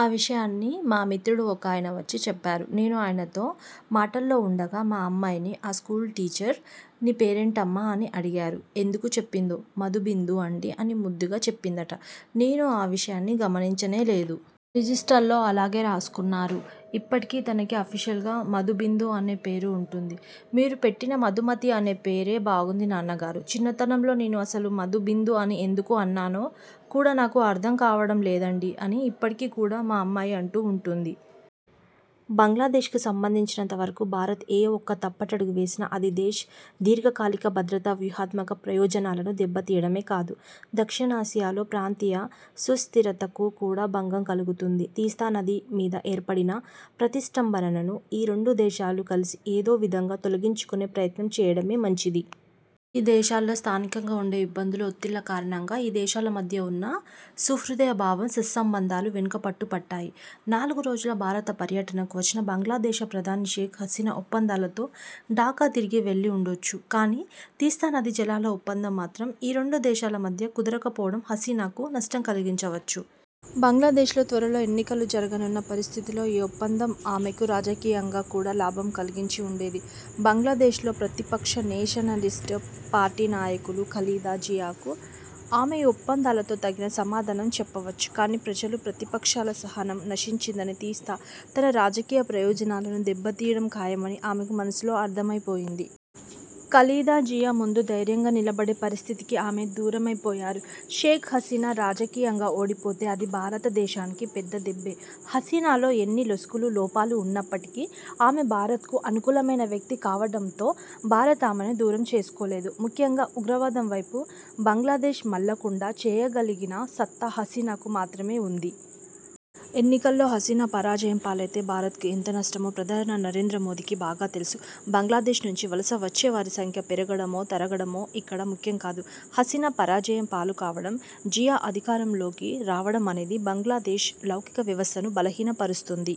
ఆ విషయాన్ని మా మిత్రుడు ఒకాయన వచ్చి చెప్పారు. నేను ఆయనతో మాటల్లో ఉండగా మా అమ్మాయిని ఆ స్కూల్ టీచర్ 'నీ పేరేంటమ్మా? ' అని అడిగారు. ఎందుకు చెప్పిందో 'మధు బిందు అండీ' అని ముద్దుగా చెప్పిందట. నేను ఆ విషయాన్ని గమనించనేలేదు. రిజిస్టర్లో అలాగే రాసుకున్నారు. ఇప్పటికీ తనకి అఫిషియల్గా 'మధు బిందు' అనే పేరే ఉంటుంది. 'మీరు పెట్టిన మధుమతి అనే పేరే బావుంది నాన్నగారు. చిన్నతనంలో నేను అసలు మధుబిందు అని ఎందుకు అన్నానో కూడా నాకు అర్థం కావడం లేదండీ' అని ఇప్పటికి కూడా మా అమ్మాయి అంటూ ఉంటుంది. బంగ్లాదేశ్ కు సంబంధించినంత వరకూ భారత్ ఏ ఒక్క తప్పటడుగు వేసినా అది దేశ్ దీర్ఘకాలిక భద్రత, వ్యూహాత్మక ప్రయోజనాలను దెబ్బ తీయడమే కాదు, దక్షిణాసియాలో ప్రాంతీయ సుస్థిరతకు కూడా భంగం కలుగుతుంది. తీస్తా నది మీద ఏర్పడిన ప్రతిష్ఠంభనను ఈ రెండు దేశాలూ కలిసి ఏదో విధంగా తొలగించుకునే ప్రయత్నం చేయడమే మంచిది. ఈ దేశాల్లో స్థానికంగా ఉండే ఇబ్బందులు, ఒత్తిళ్ల కారణంగా ఈ దేశాల మధ్య ఉన్న సుహృద్భావం, సత్సంబంధాలు వెనుకపట్టు పట్టాయి. నాలుగు రోజుల భారత పర్యటనకు వచ్చిన బంగ్లాదేశ ప్రధాని షేక్ హసీనా ఒప్పందాలతో ఢాకా తిరిగి వెళ్లి ఉండొచ్చు. కానీ, తీస్తా నదీ జలాల ఒప్పందం మాత్రం ఈ రెండు దేశాల మధ్య కుదరకపోవడం హసీనాకు నష్టం కలిగించవచ్చు. బంగ్లాదేశ్ లో త్వరలో ఎన్నికలు జరగనున్న పరిస్థితిలో ఈ ఒప్పందం ఆమెకు రాజకీయంగా కూడా లాభం కలిగించి ఉండేది. బంగ్లాదేశ్ లో ప్రతిపక్ష నేషనలిస్ట్ పార్టీ నాయకురాలు ఖలీదా జియాకు ఆమె ఈ ఒప్పందాలతో తగిన సమాధానం చెప్పవచ్చు. కానీ, ప్రజలు, ప్రతిపక్షాల సహనం నశించిందనీ, తీస్తా తన రాజకీయ ప్రయోజనాలను దెబ్బ తీయడం ఖాయమనీ ఆమెకు మనసులో అర్థమైపోయింది. ఖలీదా జియా ముందు ధైర్యంగా నిలబడే పరిస్థితికి ఆమె దూరమైపోయారు. షేక్ హసీనా రాజకీయంగా ఓడిపోతే అది భారతదేశానికి పెద్ద దెబ్బే హసీనాలో ఎన్ని లొసుగులు, లోపాలు ఉన్నప్పటికీ, ఆమె భారత్ కు అనుకూలమైన వ్యక్తి కావడంతో భారత్ ఆమెను దూరం చేసుకోలేదు. ముఖ్యంగా ఉగ్రవాదం వైపు బంగ్లాదేశ్ మళ్లకుండా చేయగలిగిన సత్తా హసీనాకు మాత్రమే ఉంది. ఎన్నికల్లో హసీనాపరాజయం పాలైతే భారత్ కు ఎంత నష్టమో ప్రధాని నరేంద్ర మోదీకి బాగా తెలుసు. బంగ్లాదేశ్ నుంచి వలస వచ్చేవారి సంఖ్య పెరగడమో, తరగడమో ఇక్కడ ముఖ్యం కాదు. హసీనా పరాజయం పాలు కావడం, జియా అధికారంలోకి రావడం అనేది బంగ్లాదేశ్ లౌకిక వ్యవస్థను బలహీనపరుస్తుంది.